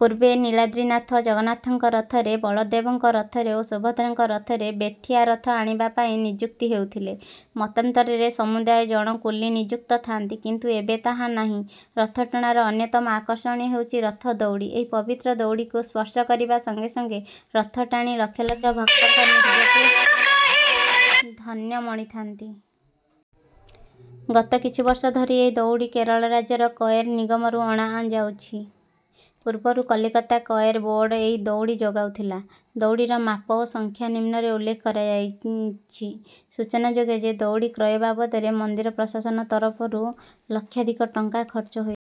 ପୂର୍ବେ ନୀଳାଦ୍ରୀନାଥ ଜଗନ୍ନାଥଙ୍କ ରଥରେ, ବଳଦେବଙ୍କ ରଥରେ ଓ ସୁଭଦ୍ରାଙ୍କ ରଥରେ ବେଠିଆ ରଥ ଆଣିବା ପାଇଁ ନିଯୁକ୍ତ ହେଉଥିଲେ। ମତାନ୍ତରେ ସମୁଦାୟ ଜଣ କୁଲି ନିଯୁକ୍ତି ଥାଆନ୍ତି, କିନ୍ତୁ ଏବେ ତାହା ନାହିଁ। ରଥଟଣାର ଅନ୍ୟତମ ଆକର୍ଷଣ ହେଉଛି ରଥ ଦଉଡ଼ି। ଏହି ପବିତ୍ର ଦଉଡ଼ିକୁ ସ୍ପର୍ଶ କରିବା ସଙ୍ଗେ ସଙ୍ଗେ ରଥ ଟାଣି ଲକ୍ଷ ଲକ୍ଷ ଭକ୍ତ ନିଜକୁ ଧନ୍ୟ ମଣିଥାନ୍ତି। ଗତ କିଛି ବର୍ଷ ଧରି ଏହି ଦଉଡ଼ି କେରଳ ରାଜ୍ୟ କଏର ନିଗମରୁ ଆଣାଯାଉଅଛି। ପୂର୍ବରୁ କଲିକତା କଏର ବୋର୍ଡ଼ ଏହି ଦଉଡ଼ି ଯୋଗାଉଥିଲା। ଦଉଡ଼ିର ମାପ ଓ ସଂଖ୍ୟା ନିମ୍ନରେ ଉଲ୍ଲେଖ କରାଯାଇଛି। ସୂଚନାଯୋଗ୍ୟ ଯେ, ଦଉଡ଼ି କ୍ରୟ ବାବଦରେ ମନ୍ଦିର ପ୍ରଶାସନ ତରଫରୁ ଲକ୍ଷାଧିକ ଟଙ୍କା ଖର୍ଚ୍ଚ ହୋଇଥାଏ।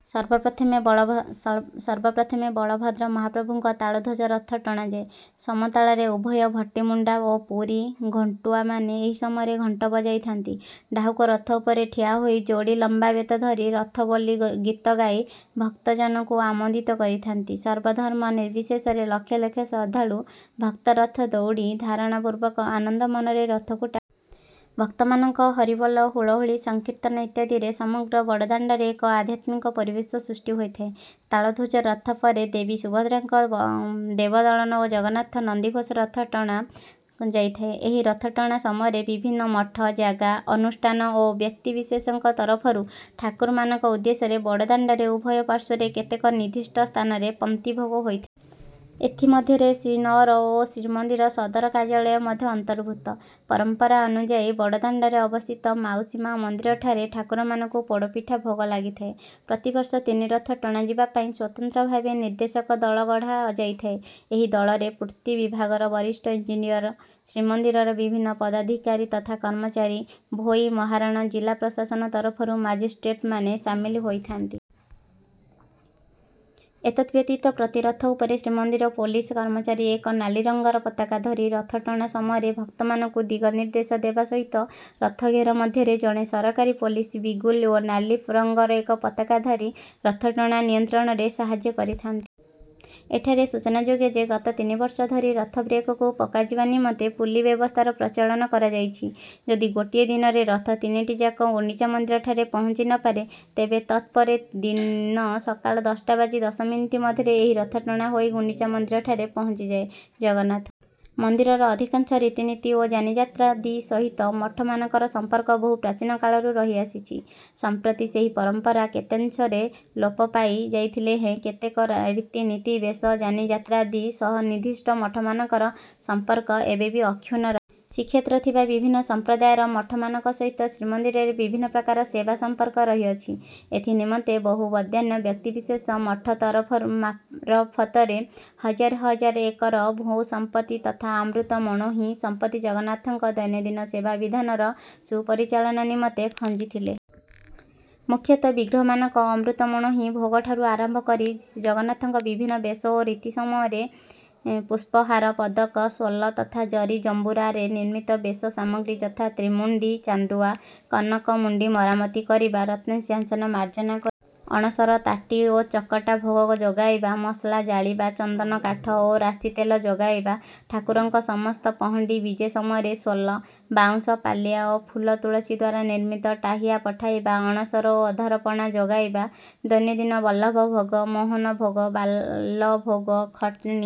ସର୍ବପ୍ରଥମେ ବଳଭଦ୍ର ମହାପ୍ରଭୁଙ୍କ ତାଳଧ୍ୱଜ ରଥ ଟଣାଯାଏ। ସମତାଳରେ ଉଭୟ ଭଟିମୁଣ୍ଡା ଓ ପୁରୀ ଘଣ୍ଟୁଆମାନେ ଏହି ସମୟରେ ଘଣ୍ଟ ବଜାଇଥାନ୍ତି। ଡାହୁକ ରଥ ଉପରେ ଠିଆ ହୋଇ ଯୋଡ଼ି ଲମ୍ବା ବେତ ଧରି ରଥବୋଲି ଗୀତ ଗାଇ ଭକ୍ତଜନଙ୍କୁ ଆମୋଦିତ କରିଥାନ୍ତି। ସର୍ବଧର୍ମ ନିର୍ବିଶେଷରେ ଲକ୍ଷ ଲକ୍ଷ ଶ୍ରଦ୍ଧାଳୁ ଭକ୍ତ ରଥ ଦଉଡ଼ି ଧାରଣ ପୂର୍ବକ ଆନନ୍ଦ ମନରେ ରଥକୁ ଟାଣିଥାନ୍ତି। ଭକ୍ତମାନଙ୍କ ହରିବୋଲ, ହୁଳହୁଳି, ସଂକୀର୍ତ୍ତନ ଇତ୍ୟାଦିରେ ସମଗ୍ର ବଡ଼ଦାଣ୍ଡରେ ଏକ ଆଧ୍ୟାତ୍ମିକ ପରିବେଶ ସୃଷ୍ଟି ହୋଇଥାଏ। ତାଳଧ୍ୱଜ ରଥ ପରେ ଦେବୀ ସୁଭଦ୍ରାଙ୍କ ଦେବଦଳନ ଓ ଜଗନ୍ନାଥଙ୍କ ନନ୍ଦିଘୋଷ ରଥ ଟଣା ଯାଇଥାଏ। ଏହି ରଥ ଟଣା ସମୟରେ ବିଭିନ୍ନ ମଠ, ଜାଗା, ଅନୁଷ୍ଠାନ ଓ ବ୍ୟକ୍ତିବିଶେଷଙ୍କ ତରଫରୁ ଠାକୁରମାନଙ୍କ ଉଦ୍ଦେଶ୍ୟରେ ବଡ଼ଦାଣ୍ଡର ଉଭୟ ପାର୍ଶ୍ୱର କେତେକ ନିର୍ଦ୍ଦିଷ୍ଟ ସ୍ଥାନରେ ପନ୍ତି ଭୋଗ ହୋଇଥାଏ। ଏଥି ମଧ୍ୟରେ ଶ୍ରୀନଅର ଓ ଶ୍ରୀମନ୍ଦିର ସଦର କାର୍ଯ୍ୟାଳୟ ମଧ୍ୟ ଅନ୍ତର୍ଭୁକ୍ତ। ପରମ୍ପରା ଅନୁଯାୟୀ ବଡ଼ଦାଣ୍ଡରେ ଅବସ୍ଥିତ ମାଉସୀ ମା' ମନ୍ଦିରଠାରେ ଠାକୁରମାନଙ୍କୁ ପୋଡ଼ପିଠା ଭୋଗ ଲାଗିଥାଏ। ପ୍ରତିବର୍ଷ ତିନି ରଥ ଟଣାଯିବା ପାଇଁ ସ୍ୱତନ୍ତ୍ର ଭାବେ ନିର୍ଦ୍ଦେଶକ ଦଳ ଗଢ଼ା ଯାଇଥାଏ। ଏହି ଦଳରେ ପୂର୍ତ୍ତ ବିଭାଗର ବରିଷ୍ଠ ଇଞ୍ଜିନିୟର, ଶ୍ରୀମନ୍ଦିରର ବିଭିନ୍ନ ପଦାଧିକାରୀ ତଥା କର୍ମଚାରୀ, ଭୋଇ, ମହାରଣା, ଜିଲ୍ଲା ପ୍ରଶାସନ ତରଫରୁ ମାଜିଷ୍ଟ୍ରେଟମାନେ ସାମିଲ ହୋଇଥାନ୍ତି। ଏତଦ୍ ବ୍ୟତୀତ ପ୍ରତି ରଥ ଉପରେ ଶ୍ରୀମନ୍ଦିର ପୋଲିସ କର୍ମଚାରୀ ଏକ ନାଲି ରଙ୍ଗର ପତାକା ଧରି ରଥଟଣା ସମୟରେ ଭକ୍ତମାନଙ୍କୁ ଦିଗ ନିର୍ଦ୍ଦେଶ ଦେବା ସହିତ ରଥ ଘେର ମଧ୍ୟରେ ଜଣେ ସରକାରୀ ପୋଲିସ ବିଗୁଲ ଓ ନାଲି ରଙ୍ଗର ଏକ ପତାକା ଧରି ରଥଟଣା ନିୟନ୍ତ୍ରଣରେ ସାହାଯ୍ୟ କରିଥାନ୍ତି। ଏଠାରେ ସୂଚନାଯୋଗ୍ୟ ଯେ, ଗତ ତିନି ବର୍ଷ ଧରି ରଥ ବ୍ରେକ୍‌କୁ ପକାଯିବା ନିମନ୍ତେ ପୁଲି ବ୍ୟବସ୍ଥାର ପ୍ରଚଳନ କରାଯାଇଛି। ଯଦି ଗୋଟିଏ ଦିନରେ ରଥ ତିନିଟି ଯାକ ଗୁଣ୍ଡିଚା ମନ୍ଦିରଠାରେ ପହଞ୍ଚି ନ ପାରେ, ତେବେ ତତ୍ ପର ଦିନ ସକାଳ ଦଶଟା ବାଜି ଦଶ ମିନିଟ୍ ମଧ୍ୟରେ ଏହି ରଥଟଣା ହୋଇ ଗୁଣ୍ଡିଚା ମନ୍ଦିରଠାରେ ପହଞ୍ଚିଥାଏ। ଜଗନ୍ନାଥ ମନ୍ଦିରର ଅଧିକାଂଶ ରୀତିନୀତି ଓ ଯାନିଯାତ୍ରାଦି ସହିତ ମଠମାନଙ୍କର ସମ୍ପର୍କ ବହୁ ପ୍ରାଚୀନ କାଳରୁ ରହି ଆସିଛି। ସମ୍ପ୍ରତି ସେହି ପରମ୍ପରା କେତେକାଂଶରେ ଲୋପ ପାଇ ଯାଇଥିଲେ ହେଁ, କେତେକ ରୀତିନୀତି, ବେଶ, ଯାନିଯାତ୍ରାଦି ସହ ନିର୍ଦ୍ଦିଷ୍ଟ ମଠମାନଙ୍କର ସମ୍ପର୍କ ଏବେ ବି ଅକ୍ଷୁଣ୍ଣ ରହିଛି। ଶ୍ରୀକ୍ଷେତ୍ରରେ ଥିବା ବିଭିନ୍ନ ସମ୍ପ୍ରଦାୟର ମଠମାନଙ୍କ ସହିତ ଶ୍ରୀମନ୍ଦିରରେ ବିଭିନ୍ନ ପ୍ରକାର ସେବା ସମ୍ପର୍କ ରହିଅଛି। ଏଥି ନିମନ୍ତେ ବହୁ ବଦାନ୍ୟ ବ୍ୟକ୍ତିବିଶେଷ ମଠ ମାରଫତରେ ହଜାର ହଜାର ଏକର ଭୂ-ସମ୍ପତ୍ତି ତଥା ଅମୃତ ମଣୋହି ସମ୍ପତ୍ତି ଜଗନ୍ନାଥଙ୍କ ଦୈନନ୍ଦିନ ସେବା ବିଧାନର ସୁପରିଚାଳନା ନିମନ୍ତେ ଖଞ୍ଜିଥିଲେ। ମୁଖ୍ୟତଃ ବିଗ୍ରହମାନଙ୍କ ଅମୃତ ମଣୋହି ଭୋଗଠାରୁ ଆରମ୍ଭ କରି ଜଗନ୍ନାଥଙ୍କ ବିଭିନ୍ନ ବେଶ ଓ ନୀତି ସମୟରେ ପୁଷ୍ପହାର, ପଦକ, ସୋଲ ତଥା ଜରି ଜମ୍ବୁରାରେ ନିର୍ମିତ ବେଶ ସାମଗ୍ରୀ ଯଥା ତ୍ରିମୁଣ୍ଡି ଚାନ୍ଦୁଆ, କନକ ମୁଣ୍ଡି ମରାମତି କରିବା, ରତ୍ନ ସିଂହାସନ ମାର୍ଜନା କରିବା, ଅଣସର ତାଟି ଓ ଚକଟା ଭୋଗ ଯୋଗାଇବା, ମଶାଲ ଜାଳିବା, ଚନ୍ଦନ କାଠ ଓ ରାଶି ତେଲ ଯୋଗାଇବା, ଠାକୁରଙ୍କ ସମସ୍ତ ପହଣ୍ଡି ବିଜେ ସମୟରେ ସୋଲ, ବାଉଁଶ ପାଲିଆ ଓ ଫୁଲ ତୁଳସୀ ଦ୍ୱାରା ନିର୍ମିତ ଟାହିୟା ପଠାଇବା, ଅଣସର ଓ ଅଧର ପଣା ଯୋଗାଇବା, ଦୈନନ୍ଦିନ ବଲ୍ଲଭ ଭୋଗ, ମହନ ଭୋଗ, ବାଲ ଭୋଗ, ଖଟଣି।